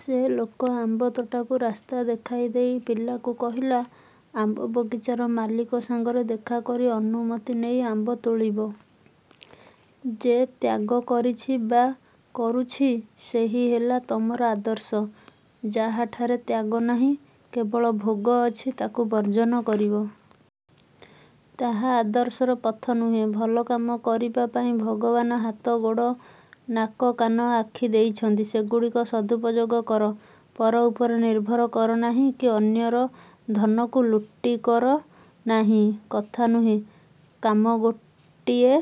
ସେ ଲୋକ ଆମ୍ବତୋଟାକୁ ରାସ୍ତା ଦେଖାଇଦେଇ ପିଲାକୁ କହିଲା, ''ଆମ୍ବ ବଗିଚାର ମାଲିକ ସାଙ୍ଗରେ ଦେଖାକରି ଅନୁମତି ନେଇ ଆମ୍ବ ତୋଳିବ। '' ଯେ ତ୍ୟାଗ କରିଛି ବା କରୁଛି ସେହି ହେଲା ତମର ଆଦର୍ଶ। ଯାହାଠାରେ ତ୍ୟାଗ ନାହିଁ, କେବଳ ଭୋଗ ଅଛି, ତାକୁ ବର୍ଜନ କରିବ। ତାହା ଆଦର୍ଶର ପଥ ନୁହେଁ। ଭଲ କାମ କରିବା ପାଇଁ ଭଗବାନ ହାତ-ଗୋଡ଼, ନାକ-କାନ, ଆଖି ଦେଇଛନ୍ତି। ସେଗୁଡ଼ିକର ସଦୁପଯୋଗ କର। ପର ଉପରେ ନିର୍ଭର କର ନାହିଁ କି ଅନ୍ୟର ଧନକୁ ଲୁଟିକର ନାହିଁ। କଥା ନୁହେଁ, କାମ ଗୋଟିଏ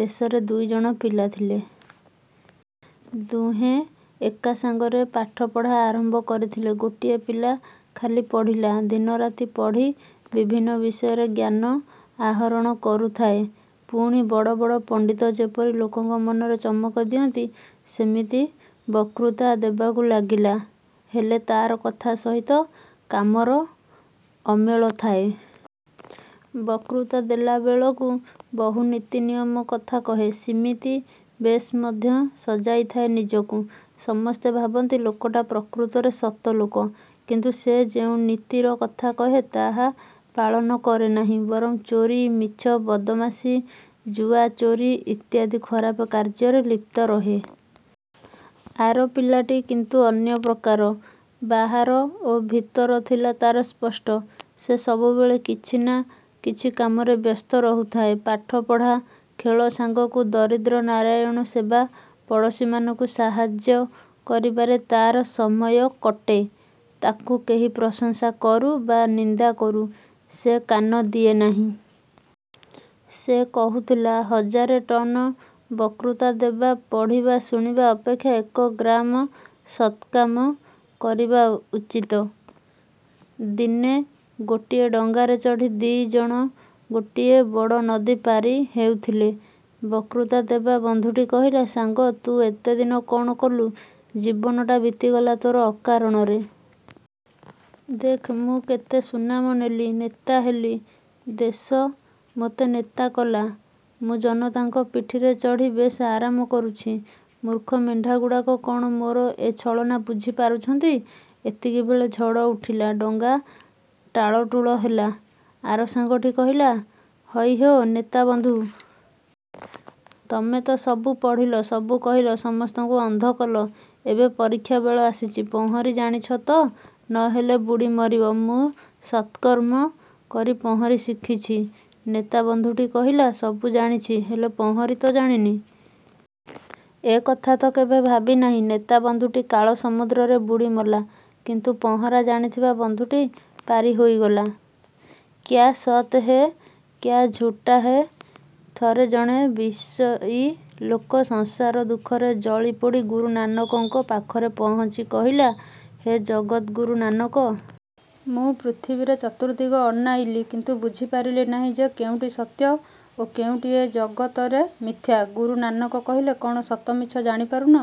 ଦେଶରେ ଦୁଇଜଣ ପିଲା ଥିଲେ। ଦୁହେଁ ଏକା ସାଙ୍ଗରେ ପାଠପଢ଼ା ଆରମ୍ଭ କରିଥିଲେ। ଗୋଟିଏ ପିଲା ଖାଲି ପଢ଼ିଲା। ଦିନରାତି ପଢ଼ି ବିଭିନ୍ନ ବିଷୟରେ ଜ୍ଞାନ ଆହରଣ କରୁଥାଏ; ପୁଣି ବଡ଼ ବଡ଼ ପଣ୍ତିତ ଯେପରି ଲୋକଙ୍କ ମନରେ ଚମକ ଦିଅନ୍ତି ସିମିତି ବକ୍ତୃତା ଦେବାକୁ ଲାଗିଲା। ହେଲେ ତା'ର କଥା ସହିତ କାମର ଅମେଳ ଥାଏ। ବକ୍ତୃତା ଦେଲାବେଳକୁ ବହୁ ନୀତି-ନିୟମ କଥା କହେ। ସିମିତି ବେଶ୍ ମଧ୍ୟ ସଜାଇଥାଏ ନିଜକୁ। ସମସ୍ତେ ଭାବନ୍ତି ଲୋକଟା ପ୍ରକୃତରେ ସତଲୋକ। କିନ୍ତୁ ସେ ଯେଉଁ ନୀତିର କଥା କହେ ତାହା ପାଳନ କରେନାହିଁ, ବରଂ ଚୋରି, ମିଛ, ବଦମାସି, ଜୁଆଚୋରି ଇତ୍ୟାଦି ଖରାପ କାର୍ଯ୍ୟରେ ଲିପ୍ତ ରହେ। ଆର ପିଲାଟି କିନ୍ତୁ ଅନ୍ୟ ପ୍ରକାର। ବାହାର ଓ ଭିତର ଥିଲା ତାର ସ୍ପଷ୍ଟ। ସେ ସବୁବେଳେ କିଛି ନା କିଛି କାମରେ ବ୍ୟସ୍ତ ରହୁଥାଏ। ପାଠପଢ଼ା, ଖେଳ ସାଙ୍ଗକୁ ଦରିଦ୍ର-ନାରାୟଣ ସେବା, ପଡ଼ୋଶୀମାନଙ୍କୁ ସାହାଯ୍ୟ କରିବାରେ ତାର ସମୟ କଟେ। ତାକୁ କେହି ପ୍ରଶଂସା କରୁ ବା ନିନ୍ଦା କରୁ, ସେ କାନ ଦିଏ ନାହିଁ। ସେ କହୁଥିଲା, ହଜାରେ ଟନ ବକ୍ତୃତା ଦେବା, ପଢ଼ିବା, ଶୁଣିବା ଅପେକ୍ଷା ଏକ ଗ୍ରାମ ସତ୍କାମ କରିବା ଉଚିତ। ଦିନେ ଗୋଟିଏ ଡଙ୍ଗାରେ ଚଢ଼ି ଦିଜଣ ଗୋଟିଏ ବଡ଼ ନଦୀ ପାରି ହେଉଥିଲେ। ବକ୍ତୃତା ଦେବା ବଂଧୁଟି କହିଲା, ''ସାଙ୍ଗ, ତୁ ଏତେଦିନ କ'ଣ କଲୁ, ଜୀବନଟା ବିତିଗଲା ତୋର ଅକାରଣରେ-। ଦେଖ୍, ମୁଁ କେତେ ସୁନାମ ନେଲି, ନେତା ହେଲି। ଦେଶ ମୋତେ ନେତା କଲା, ମୁଁ ଜନତାଙ୍କ ପିଠିରେ ଚଢ଼ି ବେଶ୍ ଆରାମ କରୁଛି-ମୂର୍ଖ ମେଣ୍ଢାଗୁଡ଼ାକ କ'ଣ ମୋର ଏ ଛଳନା ବୁଝି ପାରୁଛନ୍ତି-? '' ଏତିକିବେଳେ ଝଡ଼ ଉଠିଲା। ଡଙ୍ଗା ଟାଳଟୁଳ ହେଲା। ଆର ସାଙ୍ଗଟି କହିଲା-''ହଇ ହୋ, ନେତା ବଂଧୁ! ତମେ ତ ସବୁ ପଢ଼ିଲ, ସବୁ କହିଲ, ସମସ୍ତଙ୍କୁ ଅନ୍ଧ କଲ। ଏବେ ପରୀକ୍ଷା ବେଳ ଆସିଛି। ପହଁରି ଜାଣିଛ ତ? ନ ହେଲେ ବୁଡ଼ି ମରିବ। ମୁଁ ସତ୍କର୍ମ କରି ପହଁରି ଶିଖିଛି। '' ନେତା ବନ୍ଧୁଟି କହିଲା-''ସବୁ ଜାଣିଛି, ହେଲେ ପହଁରି ତ ଜାଣିନି। ଏ କଥା ତ କେବେ ଭାବି ନାହିଁ-। '' ନେତା ବନ୍ଧୁଟି କାଳ-ସମୁଦ୍ରରେ ବୁଡ଼ି ମଲା, କିନ୍ତୁ ପହଁରା ଜାଣିଥିବା ବନ୍ଧୁଟି ପାରି ହୋଇଗଲା। କ୍ୟା ସତ୍ ହୈ କ୍ୟା ଝୁଟା ହୈ ଥରେ ଜଣେ ବିଷୟୀ ଲୋକ ସଂସାରଦୁଃଖରେ ଜଳିପୋଡ଼ି ଗୁରୁ ନାନକଙ୍କ ପାଖରେ ପହୁଞ୍ଚି କହିଲା-ହେ ଜଗତ୍ଗୁରୁ ନାନକ! ମୁଁ ପୃଥିବୀରେ ଚତୁର୍ଦ୍ଦିଗ ଅନାଇଲି କିନ୍ତୁ ବୁଝିପାରିଲି ନାହିଁ ଯେ କେଉଁଟି ସତ୍ୟ ଓ କେଉଁଟି ଏ ଜଗତରେ ମିଥ୍ୟା। ଗୁରୁ ନାନକ କହିଲେ,''କ'ଣ ସତ ମିଛ ଜାଣି ପାରୁନ?